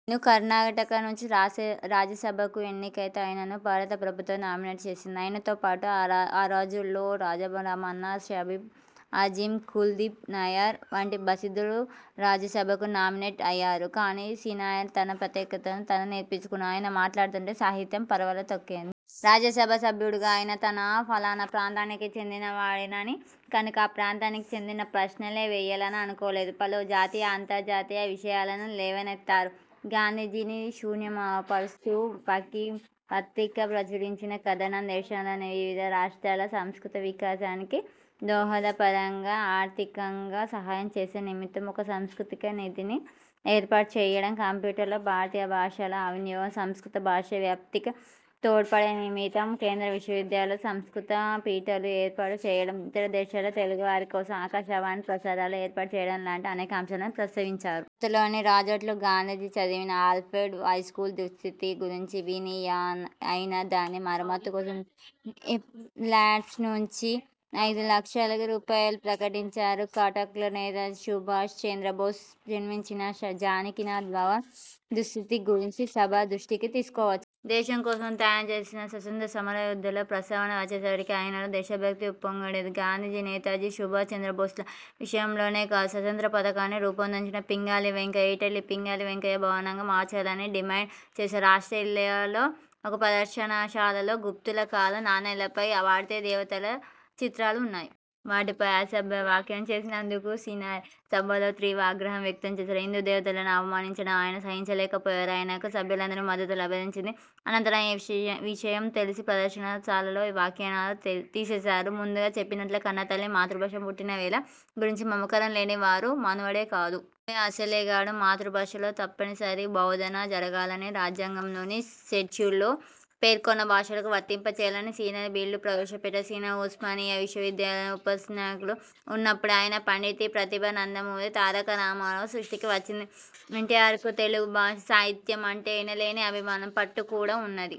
నేను కర్ణాటక నుంచి రాజ్యసభకు ఎన్నికైతే ఆయనను భారత ప్రభుత్వం నామినేట్ చేసింది. ఆయనతో పాటు ఆ రోజుల్లో రాజారామన్న, షబానా అజ్మీ, కుల్దీప్ నయ్యర్ వంటి ప్రసిద్ధులు రాజ్యసభకు నామినేట్ అయ్యారు. కాని సినారె తన ప్రత్యేకతను తాను నిరూపించుకున్నారు. ఆయన మాట్లాడుతుంటే సాహిత్యం పరవళ్లు తొక్కేది. రాజ్యసభ సభ్యుడుగా ఆయన తాను ఫలానా ప్రాంతానికి చెందిన వాడిని కనుక ఆ ప్రాంతానికి చెందిన ప్రశ్నలే వేయాలని అనుకోలేదు. పలు జాతీయ, అంతర్జాతీయ విషయాలను లేవనెత్తారు. – గాంధీజీని శునయపరుస్తూ 'మాక్సిమ్' పత్రిక ప్రచురించిన కథనం; దేశంలోని వివిధ రాష్ట్రాలలో సాంస్కృతిక వికాసానికి దోహదకరంగా ఆర్థిక సహాయం చేసే నిమిత్తం ఒక 'సాంస్కృతిక నిధి'ని ఏర్పాటుచేయడం; కంప్యూటర్లలో భారతీయ భాషల వినియోగం; సంస్కృత భాషా వ్యాప్తికి తోడ్పడే నిమిత్తం కేంద్ర విశ్వవిద్యాలయాలలో 'సంస్కృత పీఠాలు' ఏర్పాటు చేయడం; ఇతర దేశాలలో తెలుగువారి కోసం ఆకాశవాణి ప్రసారాలు ఏర్పాటు చేయడం లాంటి అనేక అంశాలను ప్రస్తావించారు. గుజరాత్లోని రాజ్కోట్లో గాంధీజీ చదివిన అల్ ఫ్రెడ్ హైస్కూలు దుస్థితి గురించి విని ఆయన దాని మరమ్మతుకోసం తన ఎంపీ లాడ్స్ నుంచి ఐదు లక్షల రూపాయలు ప్రకటించారు. కటక్లో నేతాజీ సుభాష్ చంద్రబోస్ జన్మించిన జానకీనాథ్ భవన్ దుస్థితి గురించి సభ దృష్టికి తీసుకువచ్చారు. దేశం కోసం త్యాగం చేసిన స్వాతంత్ర్య సమరయోధుల ప్రస్తావన వచ్చే సరికి ఆయనలో దేశభక్తి ఉప్పొంగేది. గాంధీజీ, నేతాజీ సుభాష్ చంద్రబోస్ ల విషయంలోనే కాదు, స్వాతంత్ర్య పతాకాన్ని రూపొందించిన పింగళి వెంకయ్య ఇంటిని పింగళి వెంకయ్య భవనంగా మార్చాలని డిమాండ్ చేశారు. ఆస్ట్రేలియాలో ఒక ప్రదర్శనలశాలలో గుప్తుల కాలం నాణేలపై భారతీయ దేవతల చిత్రాలు ఉన్నాయి. వాటిపై అసభ్య వ్యాఖ్యానం చేసినందుకు సినారె సభలో తీవ్ర ఆగ్రహం వ్యక్తం చేశారు. హిందూ దేవతలను అవమానించడం ఆయన సహించలేకపోయారు. ఆయనకు సభ్యులందరి మద్దతూ లభించింది. అనంతరం ఈ విషయం తెలిసి ప్రదర్శన శాలలో ఆ వ్యాఖ్యానాలు తీసేశారు. ముందుగా చెప్పినట్లే కన్నతల్లి, మాతృభాష, పుట్టిన నేల గురించి మమకారం లేని వారు మానవుడే కాదు. కవి అసలే కాడు. మాతృభాషలో తప్పనిసరి బోధన జరగాలని, రాజ్యాంగంలోని షెడ్యూలులో పేర్కొన్న భాషలకు వర్తింపచేయాలని సినారె బిల్లు ప్రవేశపెట్టారు. సినారె ఉస్మానియా విశ్వ విద్యాలయం ఉపన్యాసకులుగా ఉన్నప్పుడే ఆయన పాండితీ ప్రతిభ నందమూరి తారకరామారావు దృష్టికి వచ్చింది. ఎన్టీఆర్కూ తెలుగు భాష, సాహిత్యం అంటే ఎనలేని అభిమానం, పట్టు కూడా ఉన్నది.